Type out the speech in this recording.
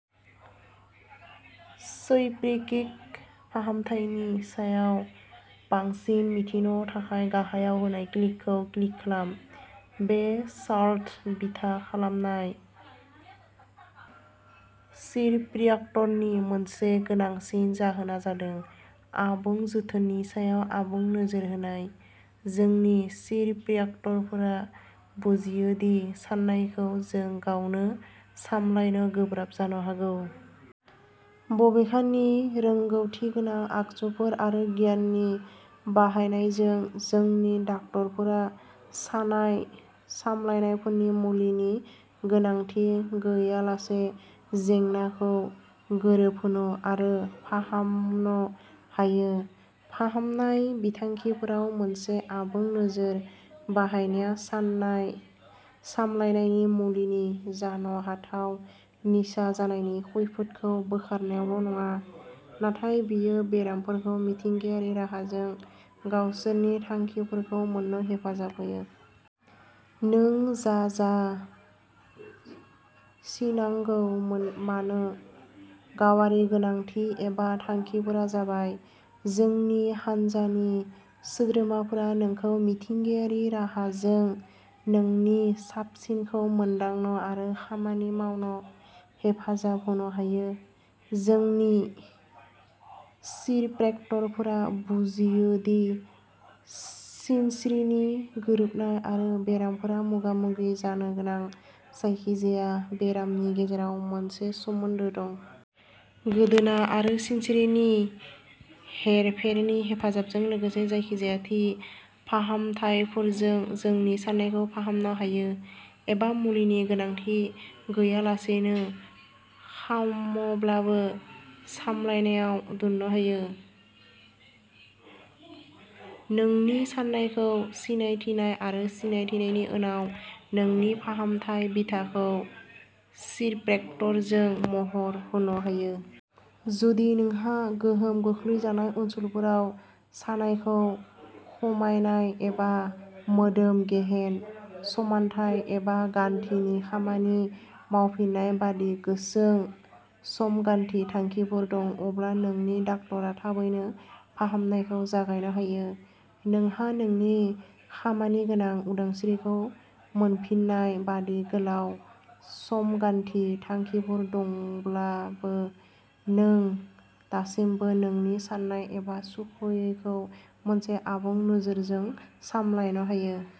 चैपेरैकिक फाहामथायनि सायाव बांसिन मिथिनो थाखाय गाहायाव होनाय लिंकखौ क्लिक खालाम। बे शार्लट बिथा खालामनाय चिरप्र्याक्टरनि मोनसे गोनांसिन जाहोनआ जादों आबुं जोथोननि सायाव आबुं नोजोर होनाय। जोंनि चिरप्र्याक्टरफोरा बुजियो दि सानायखौ नों गावनो सामलायनो गोब्राब जानो हागौ। बबेखानि, रोंगौथिगोनां आगजुफोर आरो गियाननि बाहायनायजों, जोंनि डाक्टरफोरा सानाय सामलायनायनि मुलिनि गोनांथि गैयालासे जेंनाखौ गोरोबहोनो आरो फाहामनो हायो। फाहामनाय बिथांखिफोराव मोनसे आबुं नोजोर बाहायनाया साननाय सामलायनायनि मुलिनि जान' हाथाव निसा जानायनि खैफोदखौ बोखारनायल'नङा, नाथाय बेयो बेरामिफोरखौ मिथिंगायारि राहाजों गावसोरनि थांखिफोरखौ मोन्नो हेफाजाब होयो। नों जा जा सिनांगौ मानो। गावारि गोनांथि एबा थांखिफोरा जाबाय, जोंनि हानजानि सोद्रोमाफोरा नोंखौ मिथिंगायारि राहाजों नोंनि साबसिनखौ मोनदांनो आरो खामानि मावनो हेफाजाब होनो हायो। जोंनि चिरप्रेक्टरफोरा बुजियो दि सिनस्रिनि गोरोबनाय आरो बेरामिफोरा मोगा-मोगि जानो गोनां जायखिजाया बेरामनि गेजेराव मोनसे सोमोन्दो दं। गोदोना आरो सिनस्रिनि हेरफेरनि हेफाजाबजों, लोगोसे जायखिजाया थि फाहामथायफोरजों, जोंनि सानायखौ फाहामनो हायो एबा मुलिफोरनि गोनांथि गैयालासेनो खाम'ब्लाबो सामलायनायाव दोननो हायो। नोंनि सानायखौ सिनायथिनाय आरो सिनायथिनायनि उनाव, नोंनि फाहामथाय बिथांखिखौ चिरप्रेक्टरजों महर हन' हायो। जुदि नोंहा गोहोम खोख्लैजानाय ओनसोलफोराव सानायखौ खमायनाय एबा मोदोम गेहेन समानथाय एबा गान्थिनि खामानि मावफिन्नाय बायदि गुसुं समगान्थि थांखिफोर दं, अब्ला नोंनि डाक्टरआ थाबैनो फाहामनायखौ जागायनो होयो। नोंहा नोंनि खामानिगोनां उदांस्रिखौ मोनफिननाय बादि गोलाव समगान्थि थांखिफोर दंब्लाबो, नों दासिमबो नोंनि साननाय एबा सुखुयैखौ मोनसे आबुं नोजोरजों सामलायनो हयो।